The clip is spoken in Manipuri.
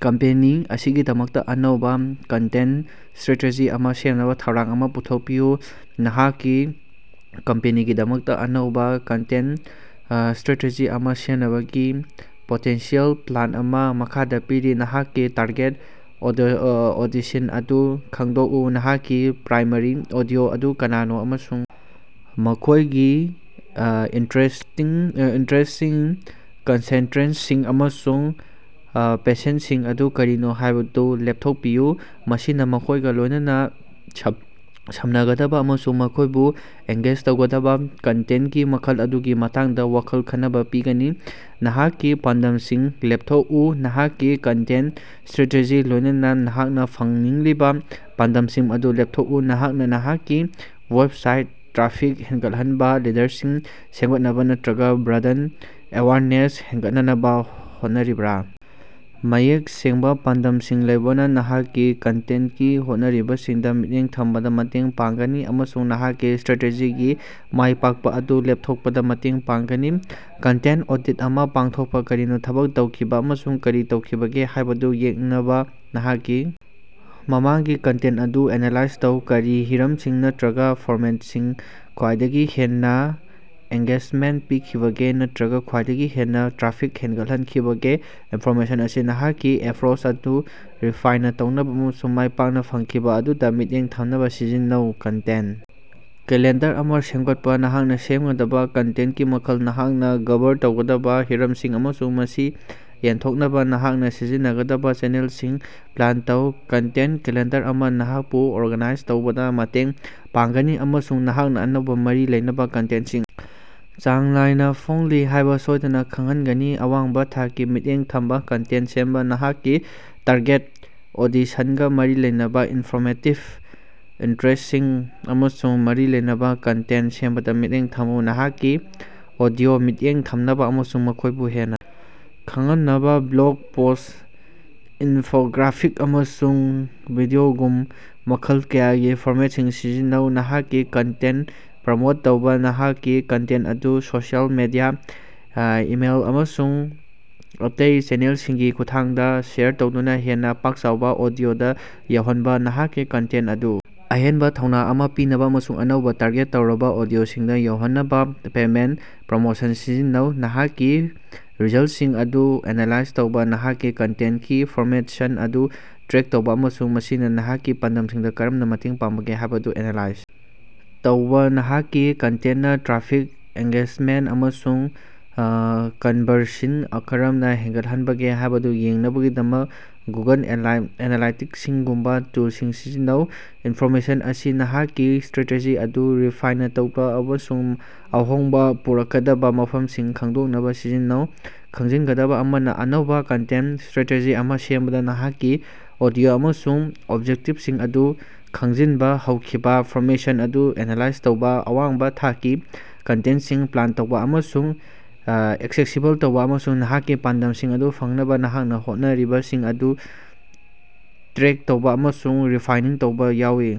ꯀꯝꯄꯦꯅꯤ ꯑꯁꯤꯒꯤꯗꯃꯛꯇ ꯑꯅꯧꯕ ꯀꯟꯇꯦꯟꯇ ꯁ꯭ꯇꯔꯦꯇꯦꯖꯤ ꯑꯃ ꯁꯦꯝꯅꯕ ꯊꯧꯔꯥꯡ ꯑꯃ ꯄꯨꯊꯣꯛꯄꯤꯌꯨ꯫ ꯅꯍꯥꯛꯀꯤ ꯀꯝꯄꯅꯤꯒꯤꯗꯃꯛꯇ ꯑꯅꯧꯕ ꯀꯟꯇꯦꯟꯇ ꯁ꯭ꯇꯔꯥꯇꯦꯖꯤ ꯑꯃ ꯁꯦꯝꯅꯕꯒꯤ ꯄꯣꯇꯦꯟꯁꯤꯑꯦꯜ ꯄ꯭ꯂꯥꯟ ꯑꯃ ꯃꯈꯥꯗ ꯄꯤꯔꯤ꯫ ꯅꯍꯥꯛꯀꯤ ꯇꯥꯔꯒꯦꯠ ꯑꯣꯗꯤꯁꯟ ꯑꯗꯨ ꯈꯪꯗꯣꯛꯎ ꯅꯍꯥꯛꯀꯤ ꯄ꯭ꯔꯥꯏꯃꯥꯔꯤ ꯑꯣꯗꯤꯑꯣ ꯑꯗꯨ ꯀꯅꯥꯅꯣ ꯑꯃꯁꯨꯡ ꯃꯈꯣꯏꯒꯤ ꯑꯥ ꯏꯟꯇ꯭ꯔꯦꯁꯇꯤꯡ ꯏꯟꯇꯔꯦꯁ꯭ꯇꯁꯤꯡ, ꯀꯟꯁꯦꯟꯇꯔꯦꯁꯟꯁꯤꯡ ꯑꯃꯁꯨꯡ ꯄꯦꯁꯟꯗꯁꯤꯡ ꯑꯗꯨ ꯀꯔꯤꯅꯣ ꯍꯥꯏꯕꯗꯨ ꯂꯦꯞꯊꯣꯛꯎ꯫ ꯃꯁꯤꯅ ꯃꯈꯣꯏꯒ ꯂꯣꯏꯅꯅ ꯁꯝꯅꯒꯗꯕ ꯑꯃꯁꯨꯡ ꯃꯈꯣꯏꯕꯨ ꯑꯦꯡꯒꯦꯖ ꯇꯧꯒꯗꯕ ꯀꯟꯇꯦꯟꯇꯀꯤ ꯃꯈꯜ ꯑꯗꯨꯒꯤ ꯃꯇꯥꯡꯗꯥ ꯋꯥꯈꯜ ꯈꯅꯕ ꯄꯤꯒꯅꯤ꯫ ꯅꯍꯥꯛꯀꯤ ꯄꯥꯟꯗꯝꯁꯤꯡ ꯂꯦꯞꯊꯣꯛꯎ: ꯅꯍꯥꯛꯀꯤ ꯀꯟꯇꯦꯟꯇ ꯁ꯭ꯇꯔꯦꯇꯦꯖꯤꯒ ꯂꯣꯏꯅꯅ ꯅꯍꯥꯛꯅ ꯐꯪꯅꯤꯡꯂꯤꯕ ꯄꯥꯟꯗꯝꯁꯤꯡ ꯑꯗꯨ ꯂꯦꯞꯊꯣꯛꯎ꯫ ꯅꯍꯥꯛꯅ ꯅꯍꯥꯛꯀꯤ ꯋꯦꯕꯁꯥꯏꯠꯇꯥ ꯇ꯭ꯔꯥꯐꯤꯛ ꯍꯦꯟꯒꯠꯍꯟꯅꯕ, ꯂꯤꯗꯔꯁꯤꯡ ꯁꯦꯝꯒꯠꯅꯕ ꯅꯠꯇꯔꯒꯥ ꯕ꯭ꯔꯥꯟꯗ ꯑꯦꯋꯥꯔꯅꯦꯁ ꯍꯦꯟꯒꯠꯍꯟꯅꯕ ꯍꯣꯠꯅꯔꯤꯕ꯭ꯔꯥ? ꯃꯌꯦꯛ ꯁꯦꯡꯕ ꯄꯥꯟꯗꯝꯁꯤꯡ ꯂꯩꯕꯅ ꯅꯍꯥꯛꯀꯤ ꯀꯟꯇꯦꯟꯇꯀꯤ ꯍꯣꯠꯅꯔꯤꯕꯁꯤꯡꯗ ꯃꯤꯠꯌꯦꯡ ꯊꯝꯕꯗ ꯃꯇꯦꯡ ꯄꯥꯡꯒꯅꯤ ꯑꯃꯁꯨꯡ ꯅꯍꯥꯛꯀꯤ ꯁ꯭ꯇꯔꯦꯇꯦꯖꯤꯒꯤ ꯃꯥꯏ ꯄꯥꯛꯄ ꯑꯗꯨ ꯂꯦꯞꯊꯣꯛꯄꯗ ꯃꯇꯦꯡ ꯄꯥꯡꯒꯅꯤ꯫ ꯀꯟꯇꯦꯟꯇ ꯑꯣꯗꯤꯠ ꯑꯃ ꯄꯥꯡꯊꯣꯛꯄ꯫ ꯀꯔꯤꯅ ꯊꯕꯛ ꯇꯧꯈꯤꯕꯒꯦ ꯑꯃꯁꯨꯡ ꯀꯔꯤ ꯇꯧꯈꯤꯗꯕꯒꯦ ꯍꯥꯏꯕꯗꯨ ꯌꯦꯡꯅꯕ ꯅꯍꯥꯛꯀꯤ ꯃꯃꯥꯡꯒꯤ ꯀꯟꯇꯦꯟꯇ ꯑꯗꯨ ꯑꯦꯅꯥꯂꯥꯏꯖ ꯇꯧ꯫ ꯀꯔꯤ ꯍꯤꯔꯝꯁꯤꯡ ꯅꯠꯇꯔꯒꯥ ꯐꯣꯔꯃꯦꯇꯁꯤꯡꯅ ꯈ꯭ꯋꯥꯏꯗꯒꯤ ꯍꯦꯟꯅ ꯑꯦꯡꯒꯦꯖꯃꯦꯟꯇ ꯄꯤꯈꯤꯕꯒꯦ ꯅꯠꯇꯔꯒꯥ ꯈ꯭ꯋꯥꯏꯗꯒꯤ ꯍꯦꯟꯅ ꯇ꯭ꯔꯥꯐꯤꯛ ꯍꯦꯟꯒꯠꯍꯟꯈꯤꯕꯒꯦ ꯏꯟꯐꯣꯔꯃꯦꯁꯟ ꯑꯁꯤ ꯅꯍꯥꯛꯀꯤ ꯑꯦꯄꯔꯣꯆ ꯑꯗꯨ ꯔꯤꯐꯥꯏꯟꯅ ꯇꯧꯅꯕ ꯑꯃꯁꯨꯡ ꯃꯥꯏꯄꯥꯛꯅ ꯐꯪꯈꯤꯕ ꯑꯗꯨꯗ ꯃꯤꯠꯌꯦꯡ ꯊꯝꯅꯕ ꯁꯤꯖꯤꯟꯅꯧ꯫ ꯀꯟꯇꯦꯟꯇ ꯀꯦꯂꯦꯟꯗꯔ ꯑꯃ ꯁꯦꯝꯒꯠꯄ ꯅꯍꯥꯛꯅ ꯁꯦꯝꯒꯗꯕ ꯀꯟꯇꯦꯟꯇꯀꯤ ꯃꯈꯜ, ꯅꯍꯥꯛꯅ ꯀꯚꯔ ꯇꯧꯒꯗꯕ ꯍꯤꯔꯝꯁꯤꯡ ꯑꯃꯁꯨꯡ ꯃꯁꯤ ꯌꯦꯟꯊꯣꯛꯅꯕ ꯅꯍꯥꯛꯅ ꯁꯤꯖꯤꯟꯅꯒꯗꯕ ꯆꯦꯅꯦꯜꯁꯤꯡ ꯄ꯭ꯂꯥꯟ ꯇꯧ꯫ ꯀꯟꯇꯦꯟꯇ ꯀꯦꯂꯦꯟꯗꯔ ꯑꯃꯅ ꯅꯍꯥꯛꯄꯨ ꯑꯣꯔꯒꯥꯅꯥꯏꯖ ꯇꯧꯕꯗ ꯃꯇꯦꯡ ꯄꯥꯡꯒꯅꯤ ꯑꯃꯁꯨꯡ ꯅꯍꯥꯛꯅ ꯑꯅꯧꯕ, ꯃꯔꯤ ꯂꯩꯅꯕ ꯀꯟꯇꯦꯟꯇꯁꯤꯡ ꯆꯥꯡ ꯅꯥꯏꯅ ꯐꯣꯡꯂꯤ ꯍꯥꯏꯕ ꯁꯣꯏꯗꯅ ꯈꯪꯍꯟꯒꯅꯤ꯫ ꯑꯋꯥꯡꯕ ꯊꯥꯛꯀꯤ, ꯃꯤꯠꯌꯦꯡ ꯊꯝꯕ ꯀꯟꯇꯦꯟꯇ ꯁꯦꯝꯕ ꯅꯍꯥꯛꯀꯤ ꯇꯥꯔꯒꯦꯠ ꯑꯣꯗꯤꯁꯟꯒ ꯃꯔꯤ ꯂꯩꯅꯕ ꯏꯟꯐꯣꯔꯃꯦꯇꯤꯚ, ꯏꯟꯇꯔꯦꯁ꯭ꯇꯤꯡ ꯑꯃꯁꯨꯡ ꯃꯔꯤ ꯂꯩꯅꯕ ꯀꯟꯇꯦꯟꯇ ꯁꯦꯝꯕꯗ ꯃꯤꯠꯌꯦꯡ ꯊꯝꯃꯨ꯫ ꯅꯍꯥꯛꯀꯤ ꯑꯣꯗꯤꯑꯣꯗ ꯃꯤꯠꯌꯦꯡ ꯊꯝꯅꯕ ꯑꯃꯁꯨꯡ ꯃꯈꯣꯏꯕꯨ ꯍꯦꯟꯅ ꯈꯪꯍꯟꯅꯕ ꯕ꯭ꯂꯣꯒ ꯄꯣꯁ꯭ꯠ, ꯏꯟꯐꯣꯒ꯭ꯔꯥꯐꯤꯛ, ꯑꯃꯁꯨꯡ ꯚꯤꯗꯤꯑꯣꯒꯨꯝ ꯃꯈꯜ ꯀꯌꯥꯒꯤ ꯐꯣꯔꯃꯦꯠꯁꯤꯡ ꯁꯤꯖꯤꯟꯅꯧ꯫ ꯅꯍꯥꯛꯀꯤ ꯀꯟꯇꯦꯟꯇ ꯄ꯭ꯔꯃꯣꯠ ꯇꯧꯕ ꯅꯍꯥꯛꯀꯤ ꯀꯟꯇꯦꯟꯇ ꯑꯗꯨ ꯁꯣꯁꯤꯑꯦꯜ ꯃꯤꯗꯤꯌ, ꯏꯃꯦꯏꯜ, ꯑꯃꯁꯨꯡ ꯑꯇꯩ ꯆꯦꯅꯦꯜꯁꯤꯡꯒꯤ ꯈꯨꯠꯊꯥꯡꯗ ꯁꯦꯌꯔ ꯇꯧꯗꯨꯅ ꯍꯦꯟꯅ ꯄꯥꯛ-ꯆꯥꯎꯕ ꯑꯣꯗꯤꯑꯣꯗ ꯌꯧꯍꯟꯕ꯫ ꯅꯍꯥꯛꯀꯤ ꯀꯟꯇꯦꯟꯇ ꯑꯗꯨ ꯑꯍꯦꯟꯕ ꯊꯧꯅ ꯑꯃ ꯄꯤꯅꯕ ꯑꯃꯁꯨꯡ ꯑꯅꯧꯕ, ꯇꯥꯔꯒꯦꯠ ꯇꯧꯔꯕ ꯑꯣꯗꯤꯑꯣꯁꯤꯡꯗ ꯌꯧꯍꯟꯅꯕ ꯄꯦꯃꯦꯟꯇ ꯄ꯭ꯔꯣꯃꯣꯁꯟ ꯁꯤꯖꯤꯟꯅꯧ꯫ ꯅꯍꯥꯛꯀꯤ ꯔꯤꯖꯜꯇꯁꯤꯡ ꯑꯗꯨ ꯑꯦꯅꯥꯂꯥꯏꯖ ꯇꯧꯕ ꯅꯍꯥꯛꯀꯤ ꯀꯟꯇꯦꯟꯇꯀꯤ ꯄꯔꯐꯣꯃꯦꯟꯁ ꯑꯗꯨ ꯇ꯭ꯔꯦꯛ ꯇꯧꯕ ꯑꯃꯁꯨꯡ ꯃꯁꯤꯅ ꯅꯍꯥꯛꯀꯤ ꯄꯥꯟꯗꯝꯁꯤꯡꯗ ꯀꯔꯝꯅ ꯃꯇꯦꯡ ꯄꯥꯡꯕꯒꯦ ꯍꯥꯏꯕꯗꯨ ꯑꯦꯅꯥꯂꯥꯏꯖ ꯇꯧꯕ꯫ ꯅꯍꯥꯛꯀꯤ ꯀꯟꯇꯦꯟꯇꯅ ꯇ꯭ꯔꯥꯐꯤꯛ, ꯑꯦꯡꯒꯦꯖꯃꯦꯟꯇ, ꯑꯃꯁꯨꯡ ꯀꯟꯕꯔꯁꯟꯁꯤꯡ ꯀꯔꯝꯅ ꯍꯦꯟꯒꯠꯍꯟꯕꯒꯦ ꯍꯥꯏꯕꯗꯨ ꯌꯦꯡꯅꯕꯒꯤꯗꯃꯛ ꯒꯨꯒꯜ ꯑꯦꯅꯥꯂꯥꯏꯇꯤꯛꯁꯒꯨꯝꯕ ꯇꯨꯜꯁꯤꯡ ꯁꯤꯖꯤꯟꯅꯧ꯫ ꯏꯟꯐꯣꯔꯃꯦꯁꯟ ꯑꯁꯤ ꯅꯍꯥꯛꯀꯤ ꯁ꯭ꯇꯔꯥꯇꯦꯖꯤ ꯑꯗꯨ ꯔꯤꯐꯥꯏꯟꯅꯥ ꯇꯧꯅꯕ ꯑꯃꯁꯨꯡ ꯑꯍꯣꯡꯕ ꯄꯨꯔꯛꯀꯗꯕ ꯃꯐꯝꯁꯤꯡ ꯈꯪꯗꯣꯛꯅꯕ ꯁꯤꯖꯤꯟꯅꯧ꯫ ꯈꯪꯖꯤꯟꯒꯗꯕ ꯑꯃꯅ, ꯑꯅꯧꯕ ꯀꯟꯇꯦꯟꯇ ꯁ꯭ꯇꯔꯥꯇꯦꯖꯤ ꯑꯃ ꯁꯦꯝꯕꯗ ꯅꯍꯥꯛꯀꯤ ꯑꯣꯗꯤꯑꯣ ꯑꯃꯁꯨꯡ ꯑꯣꯕꯖꯦꯛꯇꯤꯚꯁꯤꯡ ꯑꯗꯨ ꯈꯪꯖꯤꯟꯕ, ꯍꯧꯈꯤꯕ ꯄꯔꯐꯣꯃꯦꯟꯁ ꯑꯗꯨ ꯑꯦꯅꯥꯂꯥꯏꯖ ꯇꯧꯕ, ꯑꯋꯥꯡꯕ ꯊꯥꯛꯀꯤ ꯀꯟꯇꯦꯟꯇꯁꯤꯡ ꯄ꯭ꯂꯥꯟ ꯇꯧꯕ ꯑꯃꯁꯨꯡ ꯑꯦꯛꯁꯦꯁꯤꯕꯜ ꯇꯧꯕ, ꯑꯃꯁꯨꯡ ꯅꯍꯥꯛꯀꯤ ꯄꯥꯟꯗꯝꯁꯤꯡ ꯑꯗꯨ ꯐꯪꯅꯕ ꯅꯍꯥꯛꯅ ꯍꯣꯠꯅꯔꯤꯕꯁꯤꯡ ꯑꯗꯨ ꯇ꯭ꯔꯦꯛ ꯇꯧꯕ ꯑꯃꯁꯨꯡ ꯔꯤꯐꯥꯏꯅꯤꯡ ꯇꯧꯕ ꯌꯥꯎꯏ꯫।